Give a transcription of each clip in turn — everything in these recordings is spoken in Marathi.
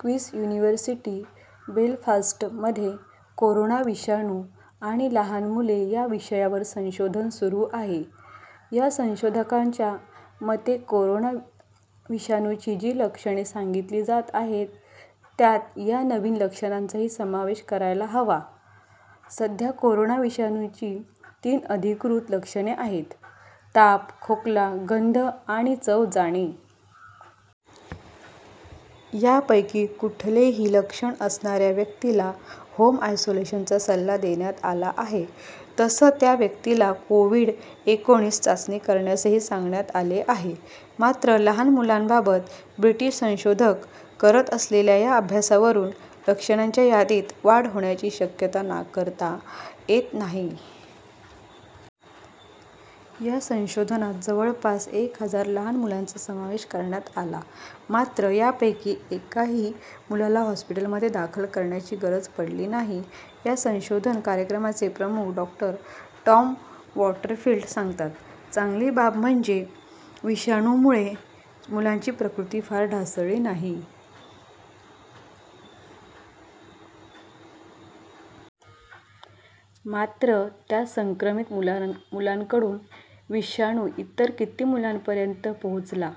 क्विंस युनिव्हर्सिटी बेलफास्टमध्ये कोरोना विषाणू आणि लहान मुले या विषयावर संशोधन सुरू आहे. या संशोधकांच्या मते कोरोना विषाणूची जी लक्षणे सांगितली जात आहेत त्यात या नवीन लक्षणांचाही समावेश करायला हवा. सध्या कोरोना विषाणूची तीनच अधिकृत लक्षणे आहेत - ताप, खोकला, गंध आणि चव जाणे. यापैकी कुठलेही लक्षण असणाऱ्या व्यक्तीला होम आयसोलेशनचा सल्ला देण्यात आला आहे. तसंच त्या व्यक्तीला कोव्हिड-एकोणीस चाचणी करण्यासही सांगण्यात आले आहे. मात्र, लहान मुलांबाबत ब्रिटिश संशोधक करत असलेल्या या अभ्यासावरून लक्षणांच्या यादीत वाढ होण्याची शक्यता नाकारता येत नाही. या संशोधनात जवळपास एक हजार लहान मुलांचा समावेश करण्यात आला. मात्र, यापैकी एकाही मुलाला हॉस्पिटलमध्ये दाखल करण्याची गरज पडली नाही. या संशोधन कार्यक्रमाचे प्रमुख डॉ. टॉम वॉटरफिल्ड सांगतात, "चांगली बाब म्हणजे विषाणूमुळे मुलांची प्रकृती फार ढासळली नाही. मात्र, त्या संक्रमित मुलांकडून विषाणू इतर किती मुलांपर्यंत पोहोचला,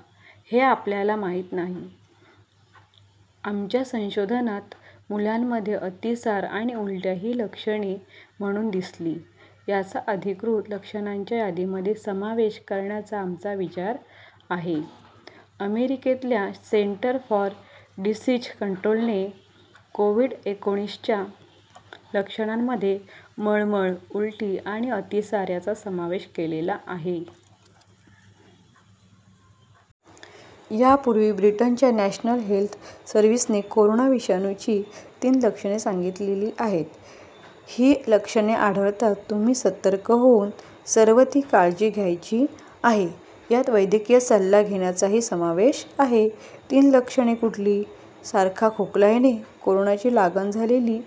हे आपल्याला माहिती नाही. आमच्या संशोधनात मुलांमध्ये अतिसार आणि उलट्या ही लक्षणे म्हणून दिसली. यांचा अधिकृत लक्षणांच्या यादीमध्ये समावेश करण्याचा आमचा विचार आहे." अमेरिकेतल्या सेंटर फॉर डिसीज कंट्रोलने कोव्हिड-एकोणीसच्या लक्षणांमध्ये मळमळ, उलटी आणि अतिसार यांचा समावेश केलेला आहे. यापूर्वी ब्रिटनच्या नॅशनल हेल्थ सर्विसने कोरोना विषाणूची तीन लक्षणे सांगितलेली आहेत. ही लक्षणे आढळताच तुम्ही सतर्क होऊन सर्व ती काळजी घ्यायची आहे. यात वैद्यकीय सल्ला घेण्याचाही समावेश आहे. तीन लक्षणे कुठली? सारखा खोकला येणे - कोरोनाची लागण झालेली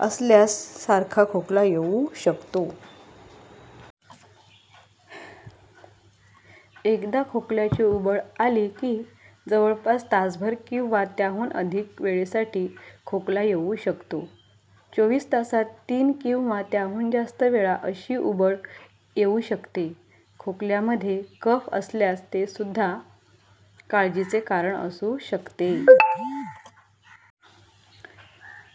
असल्यास सारखा खोकला येऊ शकतो. एकदा खोकल्याची उबळ आली की, जवळपास तासभर किंवा त्याहून अधिक वेळेसाठी खोकला येऊ शकतो. चोवीस तासांत तीन किंवा त्याहून जास्त वेळा अशी उबळ येऊ शकते. खोकल्यामध्ये कफ असल्यास तेसुद्धा काळजीचे कारण असू शकते.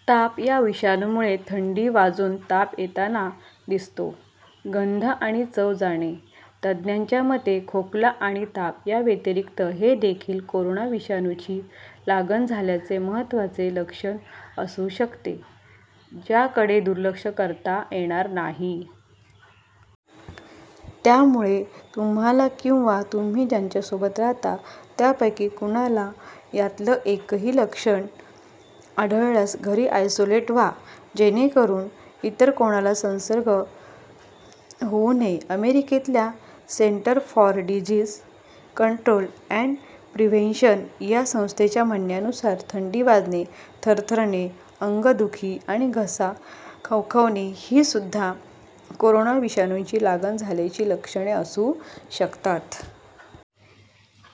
ताप - या विषाणूमुळे थंडी वाजून ताप येताना दिसतो. गंध आणि चव जाणे - तज्ज्ञांच्या मते खोकला आणि ताप याव्यतिरिक्त हेदेखील कोरोना विषाणूची लागण झाल्याचे महत्त्वाचे लक्षण असू शकते, ज्याकडे दुर्लक्ष करता येणार नाही. त्यामुळे तुम्हाला किंवा तुम्ही ज्यांच्यासोबत राहता त्यापैकी कुणाला यातलं एकही लक्षण आढळल्यास घरीच आयसोलेट व्हा, जेणेकरून इतर कुणाला संसर्ग होऊ नये. अमेरिकेतल्या centre for disease control and prevention या संस्थेच्या म्हणण्यानुसार थंडी वाजणे, थरथरणे, अंगदुखी आणि घसा खवखवणे हीसुद्धा कोरोना विषाणूची लागण झाल्याची लक्षणे असू शकतात.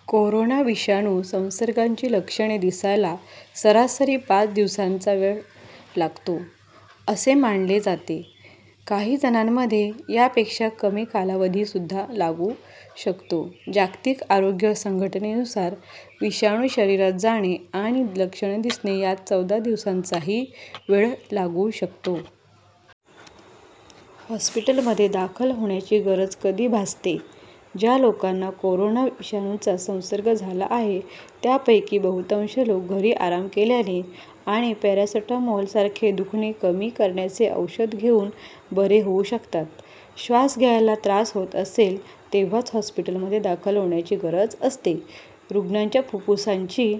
कोरोना विषाणू संसर्गाची लक्षणे दिसायला सरासरी पाच दिवसांचा वेळ लागतो, असे मानले जाते. काही जणांमध्ये यापेक्षा कमी कालावधीसुद्धा लागू शकतो. जागतिक आरोग्य संघटनेनुसार विषाणू शरीरात जाणे आणि लक्षणे दिसणे, यात चौदा दिवसांचाही वेळ लागू शकतो. हॉस्पिटलमध्ये दाखल होण्याची गरज कधी भासते? ज्या लोकांना कोरोना विषाणूचा संसर्ग झाला आहे त्यापैकी बहुतांश लोक घरी आराम केल्याने आणि पॅरासिटॅमॉलसारखे दुखणे कमी करण्याचे औषध घेऊन बरे होऊ शकतात. श्वास घ्यायला त्रास होत असेल तेव्हाच हॉस्पिटलमध्ये दाखल होण्याची गरज असते. रुग्णाच्या फुफ्फुसांची